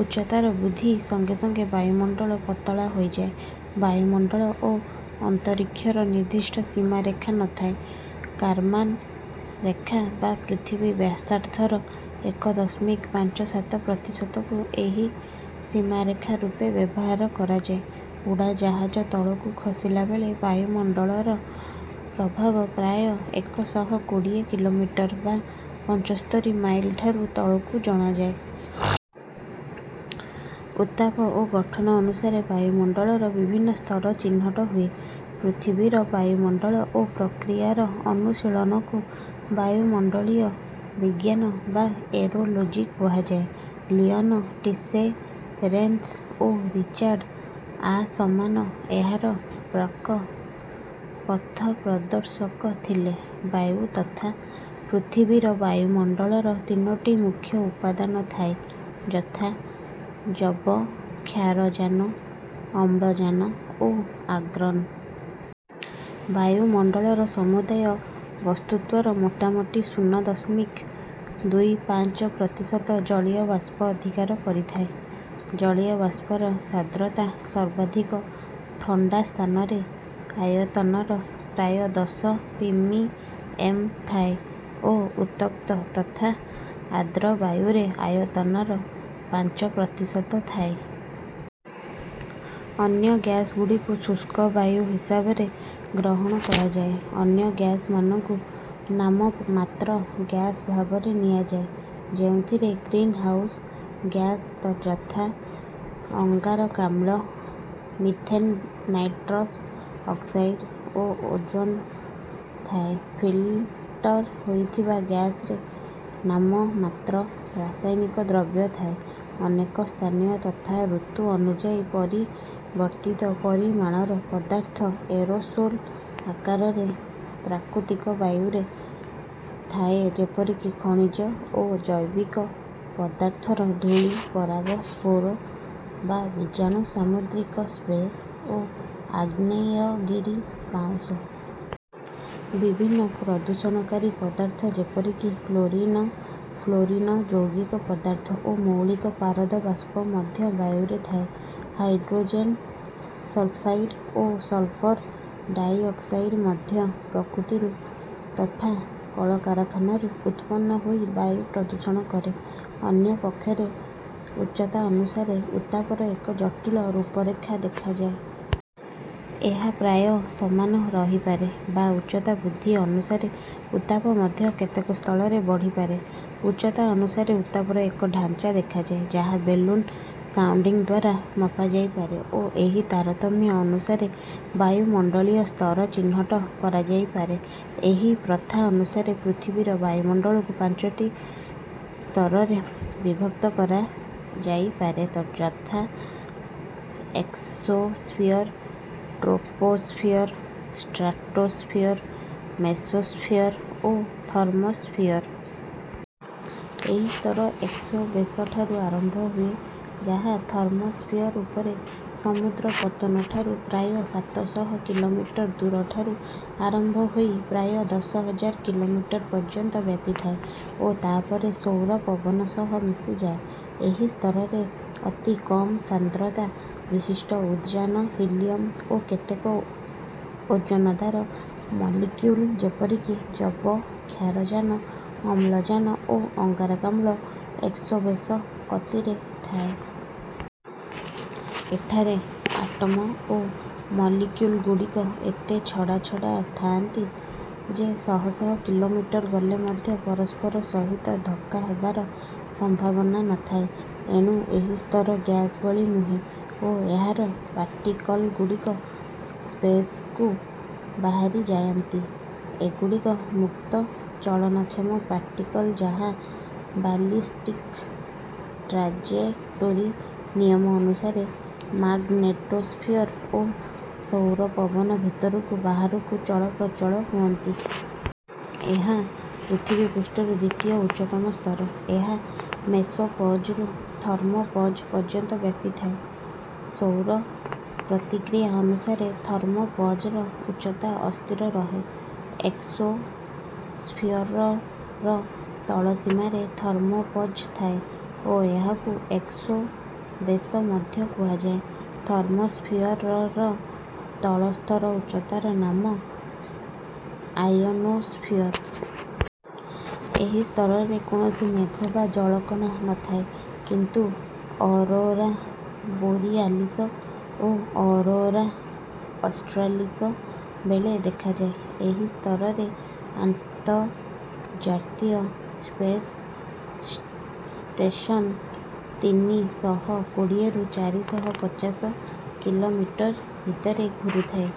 ଉଚ୍ଚତାର ବୃଦ୍ଧି ସଙ୍ଗେ ସଙ୍ଗେ ବାୟୁମଣ୍ଡଳ ପତଳା ହୋଇଯାଏ। ବାୟୁମଣ୍ଡଳ ଓ ଅନ୍ତରୀକ୍ଷର ନିର୍ଦ୍ଦିଷ୍ଟ ସୀମାରେଖା ନଥାଏ। କାର୍ମାନ ରେଖା ବା ପୃଥିବୀ ବ୍ୟାସାର୍ଦ୍ଧର ଏକ ଦଶମିକ ପାଞ୍ଚ ସାତ ପ୍ରତିଶତକୁ ଏହି ସୀମାରେଖା ରୂପେ ବ୍ୟବହାର କରାଯାଏ। ଉଡ଼ାଜାହାଜ ତଳକୁ ଖସିଲାବେଳେ ବାୟୁମଣ୍ଡଳର ପ୍ରଭାବ ପ୍ରାୟ ଏକ ଶହ କୋଡ଼ିଏ କିଲୋମିଟର ବା ପଞ୍ଚସ୍ତରି ମାଇଲଠାରୁ ତଳକୁ ଜଣାଯାଏ। ଉତ୍ତାପ ଓ ଗଠନ ଅନୁସାରେ ବାୟୁମଣ୍ଡଳର ବିଭିନ୍ନ ସ୍ତର ଚିହ୍ନଟ ହୁଏ। ପୃଥିବୀର ବାୟୁମଣ୍ଡଳ ଓ ପ୍ରକ୍ରିୟାର ଅନୁଶୀଳନକୁ ବାୟୁମଣ୍ଡଳୀୟ ବିଜ୍ଞାନ ବା ଏରୋଲୋଜି କୁହାଯାଏ। ଲିଅନ ଟିସେରେନସ୍ ଓ ରିଚାର୍ଡ ଆସମାନ ଏହାର ପ୍ରାକ ପଥପ୍ରଦର୍ଶକ ଥିଲେ। ବାୟୁ ତଥା ପୃଥିବୀର ବାୟୁମଣ୍ଡଳର ତିନୋଟି ମୁଖ୍ୟ ଉପାଦାନ ଥାଏ ଯଥା ଯବକ୍ଷାରଜାନ ଅମ୍ଳଜାନ ଓ ଆଗ୍ରନ। ବାୟୁମଣ୍ଡଳର ସମୁଦାୟ ବସ୍ତୁତ୍ୱର ମୋଟାମୋଟି ଶୂନ ଦଶମିକ ଦୁଇ ପାଞ୍ଚ ପ୍ରତିଶତ ଜଳୀୟ ବାଷ୍ପ ଅଧିକାର କରିଥାଏ। ଜଳୀୟ ବାଷ୍ପର ସାନ୍ଦ୍ରତା ସର୍ବାଧିକ ଥଣ୍ଡା ସ୍ଥାନରେ ଆୟତନର ପ୍ରାୟ ଦଶ ପିପିଏମ ଥାଏ ଓ ଉତ୍ତପ୍ତ ତଥା ଆର୍ଦ୍ର ବାୟୁରେ ଆୟତନର ପାଞ୍ଚ ପ୍ରତିଶତ ଥାଏ। ଅନ୍ୟ ଗ୍ୟାସଗୁଡ଼ିକୁ ଶୁଷ୍କ ବାୟୁ ହିସାବରେ ଗ୍ରହଣ କରାଯାଏ। ଅନ୍ୟ ଗ୍ୟାସମାନଙ୍କୁ ନାମମାତ୍ର ଗ୍ୟାସ ଭାବରେ ନିଆଯାଏ ଯେଉଁଥିରେ ଗ୍ରୀନ ହାଉସ ଗ୍ୟାସ ଯଥା ଅଙ୍ଗାରକାମ୍ଳ ମିଥେନ ନାଇଟ୍ରସ ଅକ୍ସାଇଡ ଓ ଓଜୋନ ଥାଏ। ଫିଲ୍ଟର ହୋଇଥିବା ଗ୍ୟାସରେ ନାମମାତ୍ର ରାସାୟନିକ ଦ୍ରବ୍ୟ ଥାଏ। ଅନେକ ସ୍ଥାନୀୟ ତଥା ଋତୁ ଅନୁଯାୟୀ ପରିବର୍ତ୍ତିତ ପରିମାଣର ପଦାର୍ଥ ଏରୋସୋଲ ଆକାରରେ ପ୍ରାକୃତିକ ବାୟୁରେ ଥାଏ ଯେପରିକି ଖଣିଜ ଓ ଜୈବିକ ପଦାର୍ଥର ଧୂଳି ପରାଗ ସ୍ପୋର ବା ବୀଜାଣୁ ସାମୁଦ୍ରିକ ସ୍ପ୍ରେ ଓ ଆଗ୍ନେୟଗିରି ପାଉଁଶ। ବିଭିନ୍ନ ପ୍ରଦୂଷଣକାରୀ ପଦାର୍ଥ ଯେପରିକି କ୍ଲୋରିନ ଫ୍ଲୋରିନ ଯୌଗିକ ପଦାର୍ଥ ଓ ମୌଳିକ ପାରଦ ବାଷ୍ପ ମଧ୍ୟ ବାୟୁରେ ଥାଏ। ହାଇଡ୍ରୋଜେନ ସଲ୍ଫାଇଡ ଓ ସଲ୍ଫର ଡାଇଅକ୍ସାଇଡ ମଧ୍ୟ ପ୍ରକୃତିରୁ ତଥା କଳକାରଖାନାରୁ ଉତ୍ପନ୍ନ ହୋଇ ବାୟୁ ପ୍ରଦୂଷଣ କରେ। ଅନ୍ୟ ପକ୍ଷରେ ଉଚ୍ଚତା ଅନୁସାରେ ଉତ୍ତାପର ଏକ ଜଟିଳ ରୂପରେଖା ଦେଖାଯାଏ। ଏହା ପ୍ରାୟ ସମାନ ରହିପାରେ ବା ଉଚ୍ଚତା ବୃଦ୍ଧି ଅନୁସାରେ ଉତ୍ତାପ ମଧ୍ୟ କେତେକ ସ୍ଥଳରେ ବଢ଼ିପାରେ। ଉଚ୍ଚତା ଅନୁସାରେ ଉତ୍ତାପର ଏକ ଢାଞ୍ଚା ଦେଖାଯାଏ ଯାହା ବେଲୁନ ସାଉଣ୍ଡିଙ୍ଗ ଦ୍ୱାରା ମପାଯାଇପାରେ ଓ ଏହି ତାରତମ୍ୟ ଅନୁସାରେ ବାୟୁମଣ୍ଡଳୀୟ ସ୍ତର ଚିହ୍ନଟ କରାଯାଇପାରେ। ଏହି ପ୍ରଥା ଅନୁସାରେ ପୃଥିବୀର ବାୟୁମଣ୍ଡଳକୁ ପାଞ୍ଚଟି ସ୍ତରରେ ବିଭକ୍ତ କରାଯାଇପାରେ ଯଥା ଏକ୍ସୋସ୍ଫିଅର ଟ୍ରୋପୋସ୍ଫିଅର ସ୍ଟ୍ରାଟୋସ୍ଫିଅର ମେସୋସ୍ଫିଅର ଓ ଥର୍ମୋସ୍ଫିଅର। ଏହି ସ୍ତର ଏକ୍ସୋବେସଠାରୁ ଆରମ୍ଭ ହୁଏ ଯାହା ଥର୍ମୋସ୍ଫିଅର ଉପରେ ସମୁଦ୍ର ପତନଠାରୁ ପ୍ରାୟ ସାତ ଶହ କିଲୋମିଟର ଦୂରଠାରୁ ଆରମ୍ଭ ହୋଇ ପ୍ରାୟ ଦଶ ହଜାର କିଲୋମିଟର ପର୍ଯ୍ୟନ୍ତ ବ୍ୟାପିଥାଏ ଓ ତାପରେ ସୌର ପବନ ସହ ମିଶିଯାଏ। ଏହି ସ୍ତରରେ ଅତି କମ ସାନ୍ଦ୍ରତା ବିଶିଷ୍ଟ ଉଦଜାନ ହିଲିଅମ ଓ କେତେକ ଓଜନଦାର ମଲିକ୍ୟୁଲ ଯେପରିକି ଯବକ୍ଷାରଜାନ ଅମ୍ଳଜାନ ଓ ଅଙ୍ଗାରକାମ୍ଳ ଏକ୍ସୋବେସ କତିରେ ଥାଏ। ଏଠାରେ ଆଟମ ଓ ମଲିକ୍ୟୁଲଗୁଡ଼ିକ ଏତେ ଛଡ଼ାଛଡ଼ା ଥାଆନ୍ତି ଯେ ଶହ ଶହ କିଲୋମିଟର ଗଲେ ମଧ୍ୟ ପରସ୍ପର ସହିତ ଧକ୍କା ହେବାର ସମ୍ଭାବନା ନଥାଏ। ଏଣୁ ଏହି ସ୍ତର ଗ୍ୟାସ ଭଳି ନୁହେଁ ଓ ଏହାର ପାର୍ଟିକଲଗୁଡ଼ିକ ସ୍ପେସକୁ ବାହାରିଯାଆନ୍ତି। ଏଗୁଡ଼ିକ ମୁକ୍ତ ଚଳନକ୍ଷମ ପାର୍ଟିକଲ ଯାହା ବାଲିସ୍ଟିକ ଟ୍ରାଜେକ୍ଟୋରି ନିୟମ ଅନୁସାରେ ମାଗନେଟୋସ୍ଫିଅର ଓ ସୌର ପବନ ଭିତରକୁ ବାହାରକୁ ଚଳପ୍ରଚଳ ହୁଅନ୍ତି। ଏହା ପୃଥିବୀ ପୃଷ୍ଠରୁ ଦ୍ୱିତୀୟ ଉଚ୍ଚତମ ସ୍ତର। ଏହା ମେସୋପଜରୁ ଥର୍ମୋପଜ ପର୍ଯ୍ୟନ୍ତ ବ୍ୟାପିଥାଏ। ସୌର ପ୍ରତିକ୍ରିୟା ଅନୁସାରେ ଥର୍ମୋପଜର ଉଚ୍ଚତା ଅସ୍ଥିର ରହେ। ଏକ୍ସୋସ୍ଫିଅରର ତଳ ସୀମାରେ ଥର୍ମୋପଜ ଥାଏ ଓ ଏହାକୁ ଏକ୍ସୋବେସ ମଧ୍ୟ କୁହାଯାଏ। ଥର୍ମୋସ୍ଫିଅରର ତଳ ସ୍ତର ଉଚ୍ଚତାର ନାମ ଆୟୋନୋସ୍ଫିଅର। ଏହି ସ୍ତରରେ କୌଣସି ମେଘ ବା ଜଳକଣା ନଥାଏ। କିନ୍ତୁ ଅରୋରା ବୋରିଆଲିସ ଓ ଅରୋରା ଅଷ୍ଟ୍ରାଲିସ ବେଳେ ଦେଖାଯାଏ। ଏହି ସ୍ତରରେ ଆନ୍ତର୍ଜାତୀୟ ସ୍ପେସ ସ୍ଟେଶନ ତିନି ଶହ କୋଡ଼ିଏରୁ ଚାରି ଶହ ପଚାଶ କିଲୋମିଟର ଭିତରେ ଘୁରୁଥାଏ।